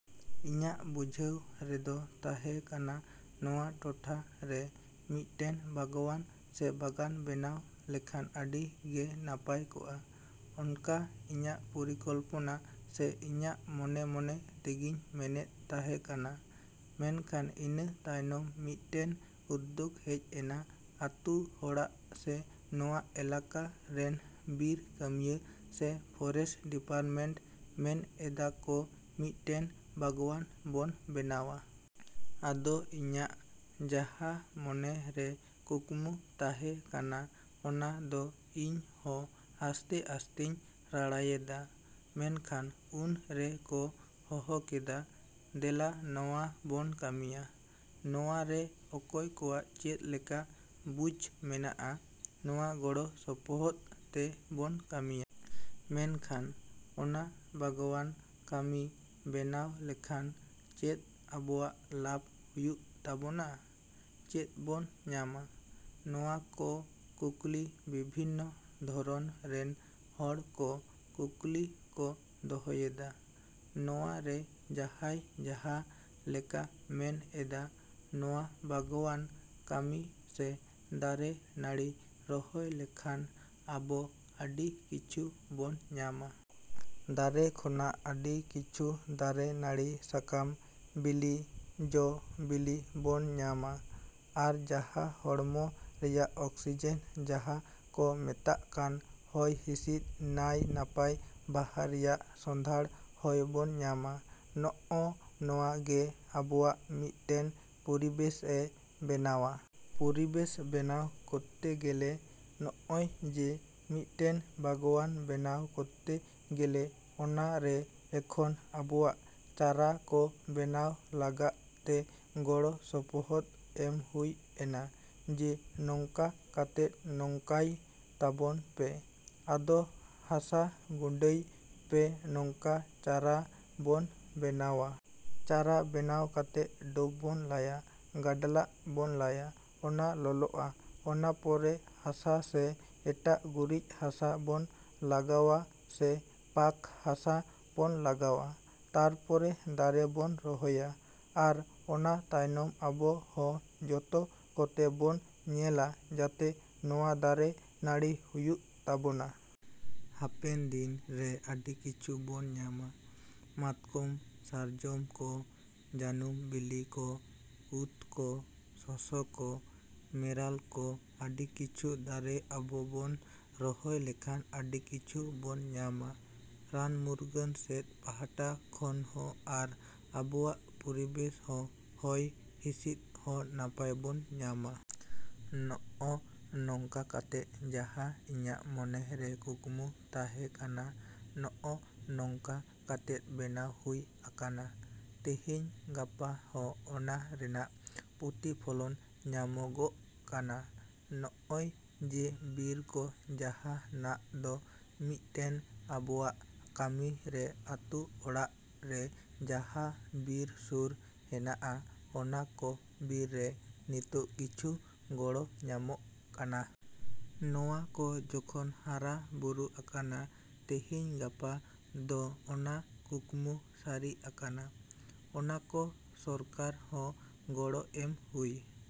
ᱤᱧᱟᱹᱜ ᱵᱩᱡᱷᱟᱹᱣ ᱨᱮᱫᱚ ᱛᱟᱦᱮᱸ ᱠᱟᱱᱟ ᱱᱚᱣᱟ ᱴᱚᱴᱷᱟ ᱨᱮ ᱢᱤᱫᱴᱮᱱ ᱵᱟᱜᱽᱣᱟᱱ ᱥᱮ ᱵᱟᱜᱟᱱ ᱵᱮᱱᱟᱣ ᱞᱮᱠᱷᱟᱱ ᱟᱹᱰᱤ ᱜᱮ ᱱᱟᱯᱟᱭ ᱠᱚᱜᱼᱟ᱾ ᱚᱱᱠᱟ ᱤᱧᱟᱹᱜ ᱯᱚᱨᱤᱠᱚᱞᱯᱚᱱᱟ ᱥᱮ ᱤᱧᱟᱹᱜ ᱢᱚᱱᱮᱼᱢᱚᱱᱮ ᱛᱮᱜᱮᱧ ᱢᱮᱱᱮᱫ ᱛᱟᱦᱮᱸ ᱠᱟᱱᱟ᱾ ᱢᱮᱱᱠᱷᱟᱱ ᱤᱱᱟᱹ ᱛᱟᱭᱚᱢ ᱢᱤᱫᱴᱮᱱ ᱩᱫᱫᱳᱜᱽ ᱦᱮᱡ ᱮᱱᱟ ᱟᱹᱛᱩ ᱦᱚᱲᱟᱜ ᱥᱮ ᱱᱚᱣᱟ ᱮᱞᱟᱠᱟ ᱨᱮᱱ ᱵᱤᱨ ᱠᱟᱹᱢᱭᱟᱹ ᱥᱮ ᱯᱷᱚᱨᱮᱥᱴ ᱰᱤᱯᱟᱨᱴᱢᱮᱱᱴ ᱢᱮᱱ ᱮᱫᱟ ᱠᱚ ᱢᱤᱫᱴᱮᱱ ᱵᱟᱜᱽᱣᱟᱱ ᱵᱚᱱ ᱵᱮᱱᱟᱣᱟ᱾ ᱟᱫᱚ ᱤᱧᱟᱹᱜ ᱡᱟᱦᱟᱸ ᱢᱚᱱᱮ ᱨᱮ ᱠᱩᱠᱢᱩ ᱛᱟᱦᱮᱸ ᱠᱟᱱᱟ ᱚᱱᱟ ᱫᱚ ᱤᱧ ᱦᱚᱸ ᱟᱥᱛᱮᱼᱟᱥᱛᱮᱧ ᱨᱟᱲᱟᱭᱮᱫᱟ᱾ ᱢᱮᱱᱠᱷᱟᱱ ᱩᱱ ᱨᱮ ᱠᱚ ᱦᱚᱦᱚ ᱠᱮᱫᱟ, "ᱫᱮᱞᱟ ᱱᱚᱣᱟ ᱵᱚᱱ ᱠᱟᱹᱢᱤᱭᱟ᱾ ᱱᱚᱣᱟ ᱨᱮ ᱚᱠᱚᱭ ᱠᱚᱣᱟᱜ ᱪᱮᱫ ᱞᱮᱠᱟ ᱵᱩᱡᱷ ᱢᱮᱱᱟᱜᱼᱟ? ᱱᱚᱣᱟ ᱜᱚᱲᱚ ᱥᱚᱯᱚᱦᱚᱫ ᱛᱮ ᱵᱚᱱ ᱠᱟᱹᱢᱤᱭᱟ᱾" ᱢᱮᱱᱠᱷᱟᱱ ᱚᱱᱟ ᱵᱟᱜᱽᱣᱟᱱ ᱠᱟᱹᱢᱤ ᱵᱮᱱᱟᱣ ᱞᱮᱠᱷᱟᱱ ᱪᱮᱫ ᱟᱵᱚᱣᱟᱜ ᱞᱟᱵᱷ ᱦᱩᱭᱩᱜ ᱛᱟᱵᱚᱱᱟ? ᱪᱮᱫ ᱵᱚᱱ ᱧᱟᱢᱟ? ᱱᱚᱣᱟ ᱠᱚ ᱠᱩᱠᱞᱤ ᱵᱤᱵᱷᱤᱱᱱᱚ ᱫᱷᱚᱨᱚᱱ ᱨᱮᱱ ᱦᱚᱲ ᱠᱚ ᱠᱩᱠᱞᱤ ᱠᱚ ᱫᱚᱦᱚᱭᱮᱫᱟ᱾ ᱱᱚᱣᱟ ᱨᱮ ᱡᱟᱦᱟᱸᱭ ᱡᱟᱦᱟᱸ ᱞᱮᱠᱟ ᱢᱮᱱ ᱮᱫᱟ ᱱᱚᱣᱟ ᱵᱟᱜᱽᱣᱟᱱ ᱠᱟᱹᱢᱤ ᱥᱮ ᱫᱟᱨᱮ ᱱᱟᱹᱲᱤ ᱨᱚᱦᱚᱭ ᱞᱮᱠᱷᱟᱱ ᱟᱵᱚ ᱟᱹᱰᱤ ᱠᱤᱪᱷᱩ ᱵᱚᱱ ᱧᱟᱢᱟ᱾ ᱫᱟᱨᱮ ᱠᱷᱚᱱᱟᱜ ᱟᱹᱰᱤ ᱠᱤᱪᱷᱩ ᱫᱟᱨᱮ ᱱᱟᱹᱲᱤ ᱥᱟᱠᱟᱢ, ᱵᱤᱞᱤ, ᱡᱚ, ᱵᱤᱞᱤ ᱵᱚᱱ ᱧᱟᱢᱟ᱾ ᱟᱨ ᱡᱟᱦᱟᱸ ᱦᱚᱲᱢᱚ ᱨᱮᱭᱟᱜ ᱚᱠᱥᱤᱡᱮᱱ ᱡᱟᱦᱟᱸ ᱠᱚ ᱢᱮᱛᱟᱜ ᱠᱟᱱ ᱦᱚᱭ ᱦᱤᱸᱥᱤᱫ ᱱᱟᱭ ᱱᱟᱯᱟᱭ ᱵᱟᱦᱟ ᱨᱮᱭᱟᱜ ᱥᱚᱸᱫᱷᱟᱲ ᱦᱚᱭ ᱵᱚᱱ ᱧᱟᱢᱟ᱾ ᱱᱚᱜᱼᱚ ᱱᱚᱣᱟ ᱜᱮ ᱟᱵᱚᱣᱟᱜ ᱢᱤᱫᱴᱮᱱ ᱯᱚᱨᱤᱵᱮᱥᱮ ᱵᱮᱱᱟᱣᱟ᱾ ᱯᱚᱨᱤᱵᱮᱥ ᱵᱮᱱᱟᱣ ᱠᱚᱛᱮ ᱜᱮᱞᱮ ᱱᱚᱜᱼᱚᱭ ᱡᱮ ᱢᱤᱫᱴᱮᱱ ᱵᱟᱜᱽᱣᱟᱱ ᱵᱮᱱᱟᱣ ᱠᱚᱛᱮ ᱜᱮᱞᱮ ᱚᱱᱟ ᱨᱮ ᱮᱠᱷᱚᱱ ᱟᱵᱚᱣᱟᱜ ᱪᱟᱨᱟ ᱠᱚ ᱵᱮᱱᱟᱣ ᱞᱟᱜᱟᱜ ᱛᱮ ᱜᱚᱲᱚ ᱥᱚᱯᱚᱦᱚᱫ ᱮᱢ ᱦᱩᱭ ᱮᱱᱟ ᱡᱮ ᱱᱚᱝᱠᱟ ᱠᱟᱛᱮᱫ ᱱᱚᱝᱠᱟᱭ ᱛᱟᱵᱚᱱ ᱯᱮ᱾ ᱟᱫᱚ ᱦᱟᱥᱟ ᱜᱩᱸᱰᱟᱹᱭ ᱯᱮ ᱱᱚᱝᱠᱟ ᱪᱟᱨᱟ ᱵᱚᱱ ᱵᱮᱱᱟᱣᱟ᱾ ᱪᱟᱨᱟ ᱵᱮᱱᱟᱣ ᱠᱟᱛᱮᱫ ᱰᱳᱵᱽ ᱵᱚᱱ ᱞᱟᱭᱟ, ᱜᱟᱰᱞᱟᱜ ᱵᱚᱱ ᱞᱟᱭᱟ᱾ ᱚᱱᱟ ᱞᱚᱞᱚᱜᱼᱟ᱾ ᱚᱱᱟ ᱯᱚᱨᱮ ᱦᱟᱥᱟ ᱥᱮ ᱮᱴᱟᱜ ᱜᱩᱨᱤᱡ ᱦᱟᱥᱟ ᱵᱚᱱ ᱞᱟᱜᱟᱣᱟ ᱥᱮ ᱯᱟᱸᱠ ᱦᱟᱥᱟ ᱵᱚᱱ ᱞᱟᱜᱟᱣᱟ᱾ ᱛᱟᱨᱯᱚᱨᱮ ᱫᱟᱨᱮ ᱵᱚᱱ ᱨᱚᱦᱚᱭᱟ᱾ ᱟᱨ ᱚᱱᱟ ᱛᱟᱭᱚᱢ ᱟᱵᱚ ᱦᱚᱸ ᱡᱚᱛᱚ ᱠᱚᱛᱮ ᱵᱚᱱ ᱧᱮᱞᱟ ᱡᱟᱛᱮ ᱱᱚᱣᱟ ᱫᱟᱨᱮ ᱱᱟᱹᱲᱤ ᱦᱩᱭᱩᱜ ᱛᱟᱵᱚᱱᱟ᱾ ᱦᱟᱯᱮᱱ ᱫᱤᱱ ᱨᱮ ᱟᱹᱰᱤ ᱠᱤᱪᱷᱩ ᱵᱚᱱ ᱧᱟᱢᱟ᱾ ᱢᱟᱛᱠᱚᱢ, ᱥᱟᱨᱡᱚᱢ ᱠᱚ, ᱡᱟᱱᱩᱢ ᱵᱤᱞᱤ ᱠᱚ, ᱠᱩᱫᱽ ᱠᱚ, ᱥᱚᱥᱚ ᱠᱚ, ᱢᱮᱨᱟᱞ ᱠᱚ ᱟᱹᱰᱤ ᱠᱤᱪᱷᱩ ᱫᱟᱨᱮ ᱟᱵᱚ ᱵᱚᱱ ᱨᱚᱦᱚᱭ ᱞᱮᱠᱷᱟᱱ ᱟᱹᱰᱤ ᱠᱤᱪᱷᱩ ᱵᱚᱱ ᱧᱟᱢᱟ᱾ ᱨᱟᱱ ᱢᱩᱨᱜᱟᱹᱱ ᱥᱮᱫ ᱯᱟᱦᱴᱟ ᱠᱷᱚᱱ ᱦᱚᱸ ᱟᱨ ᱟᱵᱚᱣᱟᱜ ᱯᱚᱨᱤᱵᱮᱥ ᱦᱚᱸ ᱦᱚᱭ ᱦᱤᱸᱥᱤᱫ ᱦᱚᱸ ᱱᱟᱯᱟᱭ ᱵᱚᱱ ᱧᱟᱢᱟ᱾ ᱱᱚᱜᱼᱚ ᱱᱚᱝᱠᱟ ᱠᱟᱛᱮᱫ ᱡᱟᱦᱟᱸ ᱤᱧᱟᱹᱜ ᱢᱚᱱᱮ ᱨᱮ ᱠᱩᱠᱢᱩ ᱛᱟᱦᱮᱸ ᱠᱟᱱᱟ ᱱᱚᱜᱼᱚ ᱱᱚᱝᱠᱟ ᱠᱟᱛᱮᱫ ᱵᱮᱱᱟᱣ ᱦᱩᱭ ᱟᱠᱟᱱᱟ᱾ ᱛᱮᱦᱮᱧ ᱜᱟᱯᱟ ᱦᱚᱸ ᱚᱱᱟ ᱨᱮᱱᱟᱜ ᱯᱨᱚᱛᱤᱯᱷᱚᱞᱚᱱ ᱧᱟᱢᱚᱜᱚᱜ ᱠᱟᱱᱟ᱾ ᱱᱚᱜᱼᱚᱭ ᱡᱮ ᱵᱤᱨ ᱠᱚ ᱡᱟᱦᱟᱸ ᱱᱟᱦᱟᱜ ᱫᱚ ᱢᱤᱫᱴᱮᱱ ᱟᱵᱚᱣᱟᱜ ᱠᱟᱹᱢᱤ ᱨᱮ ᱟᱹᱛᱩ ᱚᱲᱟᱜ ᱨᱮ ᱡᱟᱦᱟᱸ ᱵᱤᱨ ᱥᱩᱨ ᱦᱮᱱᱟᱜᱼᱟ ᱚᱱᱟ ᱠᱚ ᱵᱤᱨ ᱨᱮ ᱱᱤᱛᱚᱜ ᱠᱤᱪᱷᱩ ᱜᱚᱲᱚ ᱧᱟᱢᱚᱜ ᱠᱟᱱᱟ᱾ ᱱᱚᱣᱟ ᱠᱚ ᱡᱚᱠᱷᱚᱱ ᱦᱟᱨᱟ ᱵᱩᱨᱩ ᱟᱠᱟᱱᱟ ᱛᱮᱦᱮᱧ ᱜᱟᱯᱟ ᱫᱚ ᱚᱱᱟ ᱠᱩᱠᱢᱩ ᱥᱟᱹᱨᱤ ᱟᱠᱟᱱᱟ᱾ ᱚᱱᱟ ᱠᱚ ᱥᱚᱨᱠᱟᱨ ᱦᱚᱸ ᱜᱚᱲᱚ ᱮᱢ ᱦᱩᱭ